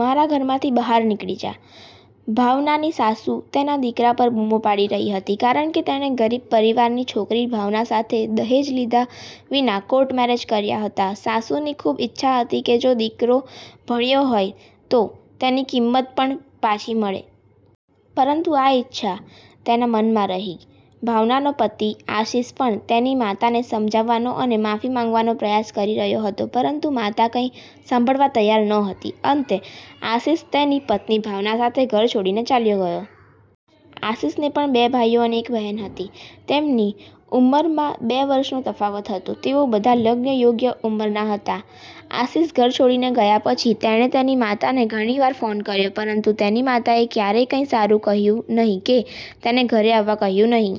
મારા ઘરમાંથી બહાર નિકળી જા, ભાવનાની સાસુ તેના દીકરા પર બૂમો પાડી રહી હતી કારણ કે તેણે ગરીબ પરિવારની છોકરી ભાવના સાથે દહેજ લીધા વિના કોર્ટ મેરેજ કર્યા હતા. સાસુની ખૂબ ઇચ્છા હતી કે જો દીકરો ભણ્યો હોય તો તેની કિંમત પણ પાછી મળે. પરંતુ આ ઇચ્છા તેના મનમાં રહી. ભાવનાનો પતિ આશિષ પણ તેની માતાને સમજાવવાનો અને માફી માંગવાનો પ્રયાસ કરી રહ્યો હતો, પરંતુ માતા કંઈ સાંભળવા તૈયાર નહોતી. અંતે, આશિષ તેની પત્ની ભાવના સાથે ઘર છોડીને ચાલ્યો ગયો. આશિષને પણ બે ભાઈઓ અને એક બહેન હતી. તેમની ઉંમરમાં બે વર્ષનો તફાવત હતો. તેઓ બધા લગ્નયોગ્ય ઉંમરના હતા. આશિષ ઘર છોડીને ગયા પછી, તેણે તેની માતાને ઘણી વાર ફોન કર્યો, પરંતુ તેની માતાએ ક્યારેય કંઈ સારું કહ્યું નહીં કે તેને ઘરે આવવા કહ્યું નહીં.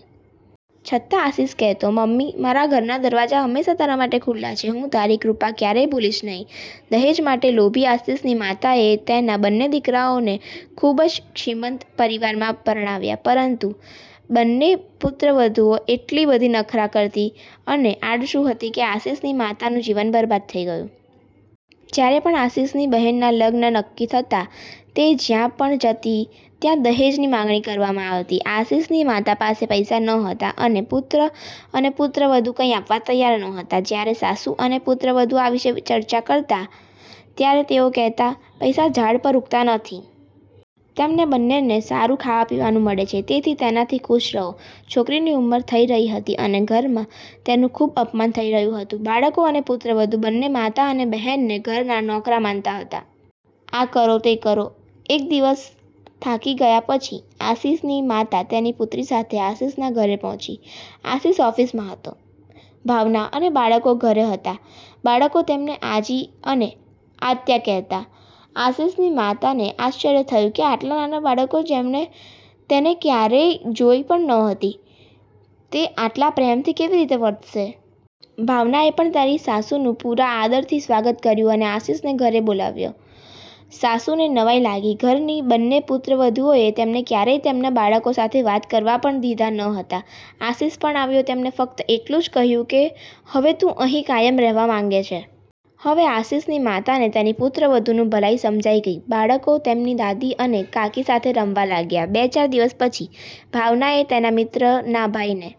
છતાં, આશિષ કહેતો, મમ્મી, મારા ઘરના દરવાજા હંમેશા તમારા માટે ખુલ્લા છે. હું તમારી કૃપા ક્યારેય ભૂલીશ નહીં. દહેજ માટે લોભી આશિષની માતાએ તેના બંને દીકરાઓને ખૂબ જ શ્રીમંત પરિવારમાં પરણાવ્યા. પણ બંને પુત્રવધૂઓ એટલી બધી નખરાં કરતી અને આળસુ હતી કે આશિષની માતાનું જીવન બરબાદ થઈ ગયું. જ્યારે પણ આશિષની બહેનના લગ્ન નક્કી થતા, તે જ્યાં પણ જતી ત્યાં દહેજની માંગણી કરવામાં આવતી. આશિષની માતા પાસે પૈસા નહોતા, અને પુત્ર અને પુત્રવધૂ કંઈ આપવા તૈયાર નહોતા. જ્યારે સાસુ અને પુત્રવધૂ આ વિશે ચર્ચા કરતા, ત્યારે તેઓ કહેતા, પૈસા ઝાડ પર ઉગતા નથી. તમને બંનેને સારું ખાવા-પીવાનું મળે છે, તેથી તેનાથી ખુશ રહો! છોકરીની ઉમર થઈ રહી હતી અને ઘરમાં તેનું ખૂબ અપમાન થઈ રહ્યું હતું. બાળકો અને પુત્રવધૂ બંને માતા અને બહેનને ઘરના નોકરા માનતા હતા. આ કરો, તે કરો.. એક દિવસ, થાકી ગયા પછી, આશિષની માતા તેની પુત્રી સાથે આશિષના ઘરે પહોંચી. આશિષ ઓફિસમાં હતો. ભાવના અને બાળકો ઘરે હતા. બાળકો તેમને આજી અને આત્યા કહેતા. આશિષની માતાને આશ્ચર્ય થયું કે આટલા નાના બાળકો, જેમણે તેને ક્યારેય જોઈ પણ ન હતી, તે આટલા પ્રેમથી કેવી રીતે વર્તશે? ભાવનાએ પણ તેની સાસુનું પૂરા આદરથી સ્વાગત કર્યું અને આશિષને ઘરે બોલાવ્યું. સાસુને નવાઈ લાગી; ઘરની બંને પુત્રવધૂઓએ તેમને ક્યારેય તેમના બાળકો સાથે વાત કરવા પણ દીધા ન હતા. આશિષ પણ આવ્યો. તેણે ફક્ત એટલું જ કહ્યું કે હવે તું અહીં કાયમ રહેવા માંગે છે. હવે આશિષની માતાને તેની પુત્રવધૂની ભલાઈ સમજાઈ ગઈ. બાળકો તેમની દાદી અને કાકી સાથે રમવા લાગ્યા. બે-ચાર દિવસ પછી, ભાવનાએ તેના મિત્રના ભાઈને